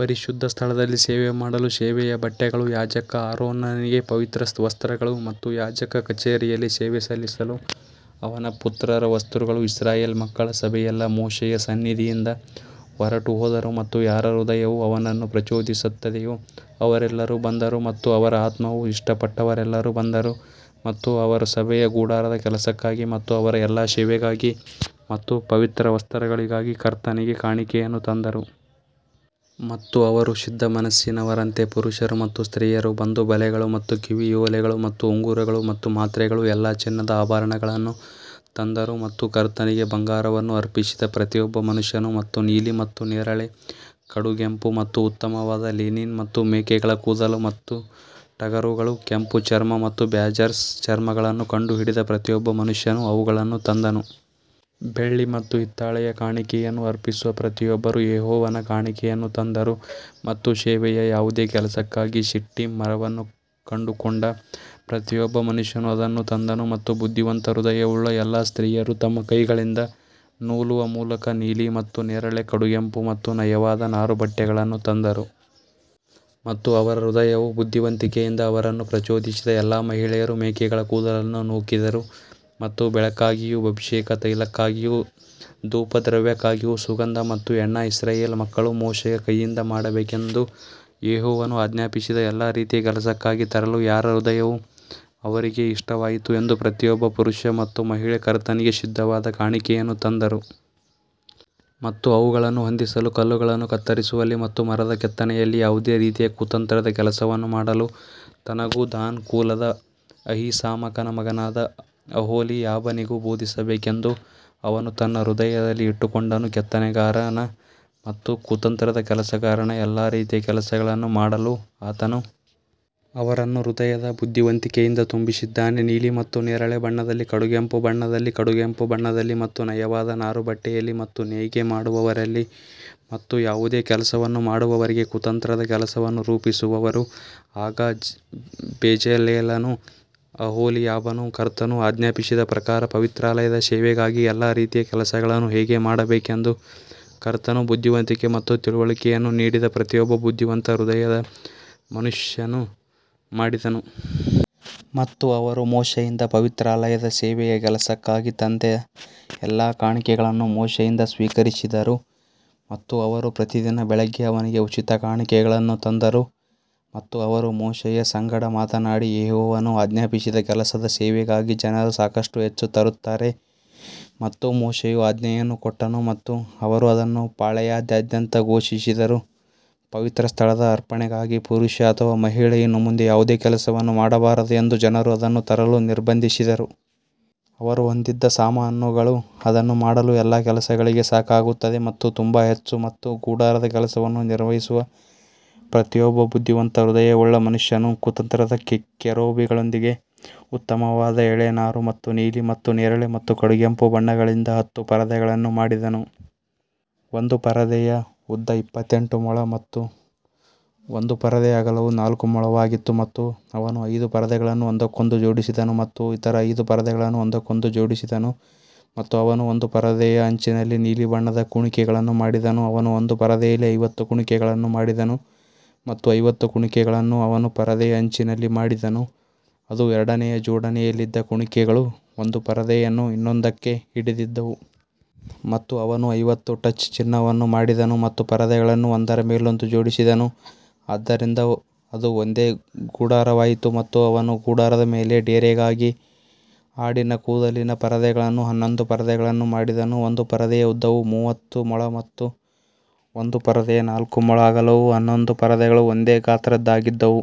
ಪರಿಶುದ್ಧ ಸ್ಥಳದಲ್ಲಿ ಸೇವೆ ಮಾಡಲು ಸೇವೆಯ ಬಟ್ಟೆಗಳು ಯಾಜಕ ಆರೋನನಿಗೆ ಪವಿತ್ರ ವಸ್ತ್ರಗಳು ಮತ್ತು ಯಾಜಕ ಕಚೇರಿಯಲ್ಲಿ ಸೇವೆ ಸಲ್ಲಿಸಲು ಅವನ ಪುತ್ರರ ವಸ್ತ್ರಗಳು ಇಸ್ರಾಯೇಲ್ ಮಕ್ಕಳ ಸಭೆಯೆಲ್ಲಾ ಮೋಶೆಯ ಸನ್ನಿಧಿಯಿಂದ ಹೊರಟುಹೋದರು ಮತ್ತು ಯಾರ ಹೃದಯವು ಅವನನ್ನು ಪ್ರಚೋದಿಸುತ್ತದೆಯೋ ಅವರೆಲ್ಲರೂ ಬಂದರು ಮತ್ತು ಅವರ ಆತ್ಮವು ಇಷ್ಟಪಟ್ಟವರೆಲ್ಲರೂ ಬಂದರು ಮತ್ತು ಅವರು ಸಭೆಯ ಗುಡಾರದ ಕೆಲಸಕ್ಕಾಗಿ ಮತ್ತು ಅವರ ಎಲ್ಲಾ ಸೇವೆಗಾಗಿ ಮತ್ತು ಪವಿತ್ರ ವಸ್ತ್ರಗಳಿಗಾಗಿ ಕರ್ತನಿಗೆ ಕಾಣಿಕೆಯನ್ನು ತಂದರು. ಮತ್ತು ಅವರು ಸಿದ್ಧಮನಸ್ಸಿನವರಂತೆ ಪುರುಷರು ಮತ್ತು ಸ್ತ್ರೀಯರು ಬಂದು ಬಳೆಗಳು ಮತ್ತು ಕಿವಿಯೋಲೆಗಳು ಮತ್ತು ಉಂಗುರಗಳು ಮತ್ತು ಮಾತ್ರೆಗಳು ಎಲ್ಲಾ ಚಿನ್ನದ ಆಭರಣಗಳನ್ನು ತಂದರು ಮತ್ತು ಕರ್ತನಿಗೆ ಬಂಗಾರವನ್ನು ಅರ್ಪಿಸಿದ ಪ್ರತಿಯೊಬ್ಬ ಮನುಷ್ಯನು. ಮತ್ತು ನೀಲಿ ಮತ್ತು ನೇರಳೆ, ಕಡುಗೆಂಪು ಮತ್ತು ಉತ್ತಮವಾದ ಲಿನಿನ್ ಮತ್ತು ಮೇಕೆಗಳ ಕೂದಲು ಮತ್ತು ಟಗರುಗಳ ಕೆಂಪು ಚರ್ಮ ಮತ್ತು ಬ್ಯಾಜರ್ಸ್ ಚರ್ಮಗಳನ್ನು ಕಂಡುಹಿಡಿದ ಪ್ರತಿಯೊಬ್ಬ ಮನುಷ್ಯನು ಅವುಗಳನ್ನು ತಂದನು. ಬೆಳ್ಳಿ ಮತ್ತು ಹಿತ್ತಾಳೆಯ ಕಾಣಿಕೆಯನ್ನು ಅರ್ಪಿಸುವ ಪ್ರತಿಯೊಬ್ಬರೂ ಯೆಹೋವನ ಕಾಣಿಕೆಯನ್ನು ತಂದರು ಮತ್ತು ಸೇವೆಯ ಯಾವುದೇ ಕೆಲಸಕ್ಕಾಗಿ ಶಿಟ್ಟಿಮ್ ಮರವನ್ನು ಕಂಡುಕೊಂಡ ಪ್ರತಿಯೊಬ್ಬ ಮನುಷ್ಯನು ಅದನ್ನು ತಂದನು. ಮತ್ತು ಬುದ್ಧಿವಂತ ಹೃದಯವುಳ್ಳ ಎಲ್ಲಾ ಸ್ತ್ರೀಯರು ತಮ್ಮ ಕೈಗಳಿಂದ ನೂಲುವ ಮೂಲಕ ನೀಲಿ ಮತ್ತು ನೇರಳೆ, ಕಡುಗೆಂಪು ಮತ್ತು ನಯವಾದ ನಾರುಬಟ್ಟೆಗಳನ್ನು ತಂದರು. ಮತ್ತು ಅವರ ಹೃದಯವು ಬುದ್ಧಿವಂತಿಕೆಯಿಂದ ಅವರನ್ನು ಪ್ರಚೋದಿಸಿದ ಎಲ್ಲಾ ಮಹಿಳೆಯರು ಮೇಕೆಗಳ ಕೂದಲನ್ನು ನೂಕಿದರು ಮತ್ತು ಬೆಳಕಿಗಾಗಿಯೂ ಅಭಿಷೇಕ ತೈಲಕ್ಕಾಗಿಯೂ ಧೂಪದ್ರವ್ಯಕ್ಕಾಗಿಯೂ ಸುಗಂಧ ಮತ್ತು ಎಣ್ಣೆ ಇಸ್ರಾಯೇಲ್ ಮಕ್ಕಳು ಮೋಶೆಯ ಕೈಯಿಂದ ಮಾಡಬೇಕೆಂದು ಯೆಹೋವನು ಆಜ್ಞಾಪಿಸಿದ ಎಲ್ಲಾ ರೀತಿಯ ಕೆಲಸಕ್ಕಾಗಿ ತರಲು ಯಾರ ಹೃದಯವು ಅವರಿಗೆ ಇಷ್ಟವಾಯಿತು ಎಂದು ಪ್ರತಿಯೊಬ್ಬ ಪುರುಷ ಮತ್ತು ಮಹಿಳೆ ಕರ್ತನಿಗೆ ಸಿದ್ಧವಾದ ಕಾಣಿಕೆಯನ್ನು ತಂದರು. ಮತ್ತು ಅವುಗಳನ್ನು ಹೊಂದಿಸಲು ಕಲ್ಲುಗಳನ್ನು ಕತ್ತರಿಸುವಲ್ಲಿ ಮತ್ತು ಮರದ ಕೆತ್ತನೆಯಲ್ಲಿ ಯಾವುದೇ ರೀತಿಯ ಕುತಂತ್ರದ ಕೆಲಸವನ್ನು ಮಾಡಲು ತನಗೂ ದಾನ್ ಕುಲದ ಅಹೀಸಾಮಾಕನ ಮಗನಾದ ಅಹೋಲಿಯಾಬನಿಗೂ ಬೋಧಿಸಬೇಕೆಂದು ಅವನು ತನ್ನ ಹೃದಯದಲ್ಲಿ ಇಟ್ಟುಕೊಂಡನು. ಕೆತ್ತನೆಗಾರನ ಮತ್ತು ಕುತಂತ್ರದ ಕೆಲಸಗಾರನ ಎಲ್ಲಾ ರೀತಿಯ ಕೆಲಸಗಳನ್ನು ಮಾಡಲು ಆತನು ಅವರನ್ನು ಹೃದಯದ ಬುದ್ಧಿವಂತಿಕೆಯಿಂದ ತುಂಬಿಸಿದ್ದಾನೆ, ನೀಲಿ ಮತ್ತು ನೇರಳೆ ಬಣ್ಣದಲ್ಲಿ ಕಡುಗೆಂಪು ಬಣ್ಣದಲ್ಲಿ ಕಡುಗೆಂಪು ಬಣ್ಣದಲ್ಲಿ ಮತ್ತು ನಯವಾದ ನಾರುಬಟ್ಟೆಯಲ್ಲಿ ಮತ್ತು ನೇಯ್ಗೆ ಮಾಡುವವರಲ್ಲಿ ಮತ್ತು ಯಾವುದೇ ಕೆಲಸವನ್ನು ಮಾಡುವವರಿಗೆ ಕುತಂತ್ರದ ಕೆಲಸವನ್ನು ರೂಪಿಸುವವರು ಆಗ ಬೆಜಲೇಲನೂ ಅಹೋಲಿಯಾಬನೂ ಕರ್ತನು ಆಜ್ಞಾಪಿಸಿದ ಪ್ರಕಾರ ಪವಿತ್ರಾಲಯದ ಸೇವೆಗಾಗಿ ಎಲ್ಲಾ ರೀತಿಯ ಕೆಲಸಗಳನ್ನು ಹೇಗೆ ಮಾಡಬೇಕೆಂದು ಕರ್ತನು ಬುದ್ಧಿವಂತಿಕೆ ಮತ್ತು ತಿಳುವಳಿಕೆಯನ್ನು ನೀಡಿದ ಪ್ರತಿಯೊಬ್ಬ ಬುದ್ಧಿವಂತ ಹೃದಯದ ಮನುಷ್ಯನು ಮಾಡಿದನು. ಮತ್ತು ಅವರು ಮೋಶೆಯಿಂದ ಪವಿತ್ರಾಲಯದ ಸೇವೆಯ ಕೆಲಸಕ್ಕಾಗಿ ತಂದ ಎಲ್ಲಾ ಕಾಣಿಕೆಗಳನ್ನು ಮೋಶೆಯಿಂದ ಸ್ವೀಕರಿಸಿದರು ಮತ್ತು ಅವರು ಪ್ರತಿದಿನ ಬೆಳಿಗ್ಗೆ ಅವನಿಗೆ ಉಚಿತ ಕಾಣಿಕೆಗಳನ್ನು ತಂದರು. ಮತ್ತು ಅವರು ಮೋಶೆಯ ಸಂಗಡ ಮಾತನಾಡಿ, ಯೆಹೋವನು ಆಜ್ಞಾಪಿಸಿದ ಕೆಲಸದ ಸೇವೆಗಾಗಿ ಜನರು ಸಾಕಷ್ಟು ಹೆಚ್ಚು ತರುತ್ತಾರೆ. ಮತ್ತು ಮೋಶೆಯು ಆಜ್ಞೆಯನ್ನು ಕೊಟ್ಟನು ಮತ್ತು ಅವರು ಅದನ್ನು ಪಾಳೆಯದಾದ್ಯಂತ ಘೋಷಿಸಿದರು, ಪವಿತ್ರ ಸ್ಥಳದ ಅರ್ಪಣೆಗಾಗಿ ಪುರುಷ ಅಥವಾ ಮಹಿಳೆ ಇನ್ನು ಮುಂದೆ ಯಾವುದೇ ಕೆಲಸವನ್ನು ಮಾಡಬಾರದು ಎಂದು ಜನರು ಅದನ್ನು ತರಲು ನಿರ್ಬಂಧಿಸಿದರು. ಅವರು ಹೊಂದಿದ್ದ ಸಾಮಾನುಗಳು ಅದನ್ನು ಮಾಡಲು ಎಲ್ಲಾ ಕೆಲಸಗಳಿಗೆ ಸಾಕಾಗುತ್ತದೆ ಮತ್ತು ತುಂಬಾ ಹೆಚ್ಚು ಮತ್ತು ಗುಡಾರದ ಕೆಲಸವನ್ನು ನಿರ್ವಹಿಸುವ ಪ್ರತಿಯೊಬ್ಬ ಬುದ್ಧಿವಂತ ಹೃದಯವುಳ್ಳ ಮನುಷ್ಯನು ಕುತಂತ್ರದ ಕೆರೂಬಿಗಳೊಂದಿಗೆ ಉತ್ತಮವಾದ ಎಳೆ ನಾರು ಮತ್ತು ನೀಲಿ ಮತ್ತು ನೇರಳೆ ಮತ್ತು ಕಡುಗೆಂಪು ಬಣ್ಣಗಳಿಂದ ಹತ್ತು ಪರದೆಗಳನ್ನು ಮಾಡಿದನು. ಒಂದು ಪರದೆಯ ಉದ್ದ ಇಪ್ಪತ್ತೆಂಟು ಮೊಳ ಮತ್ತು ಒಂದು ಪರದೆಯ ಅಗಲವು ನಾಲ್ಕು ಮೊಳವಾಗಿತ್ತು. ಮತ್ತು ಅವನು ಐದು ಪರದೆಗಳನ್ನು ಒಂದಕ್ಕೊಂದು ಜೋಡಿಸಿದನು ಮತ್ತು ಇತರ ಐದು ಪರದೆಗಳನ್ನು ಒಂದಕ್ಕೊಂದು ಜೋಡಿಸಿದನು ಮತ್ತು ಅವನು ಒಂದು ಪರದೆಯ ಅಂಚಿನಲ್ಲಿ ನೀಲಿ ಬಣ್ಣದ ಕುಣಿಕೆಗಳನ್ನು ಮಾಡಿದನು. ಅವನು ಒಂದು ಪರದೆಯಲ್ಲಿ ಐವತ್ತು ಕುಣಿಕೆಗಳನ್ನು ಮಾಡಿದನು ಮತ್ತು ಐವತ್ತು ಕುಣಿಕೆಗಳನ್ನು ಅವನು ಪರದೆಯ ಅಂಚಿನಲ್ಲಿ ಮಾಡಿದನು, ಅದು ಎರಡನೆಯ ಜೋಡಣೆಯಲ್ಲಿದ್ದ ಕುಣಿಕೆಗಳು ಒಂದು ಪರದೆಯನ್ನು ಇನ್ನೊಂದಕ್ಕೆ ಹಿಡಿದಿದ್ದವು. ಮತ್ತು ಅವನು ಐವತ್ತು ಟಚ್ ಚಿನ್ನವನ್ನು ಮಾಡಿದನು ಮತ್ತು ಪರದೆಗಳನ್ನು ಒಂದರ ಮೇಲೊಂದು ಜೋಡಿಸಿದನು, ಆದ್ದರಿಂದ ಅದು ಒಂದೇ ಗುಡಾರವಾಯಿತು. ಮತ್ತು ಅವನು ಗುಡಾರದ ಮೇಲೆ ಡೇರೆಗಾಗಿ ಆಡಿನ ಕೂದಲಿನ ಪರದೆಗಳನ್ನು ಹನ್ನೊಂದು ಪರದೆಗಳನ್ನು ಮಾಡಿದನು. ಒಂದು ಪರದೆಯ ಉದ್ದವು ಮೂವತ್ತು ಮೊಳ ಮತ್ತು ಒಂದು ಪರದೆಯ ನಾಲ್ಕು ಮೊಳ ಅಗಲವು ಹನ್ನೊಂದು ಪರದೆಗಳು ಒಂದೇ ಗಾತ್ರದ್ದಾಗಿದ್ದವು.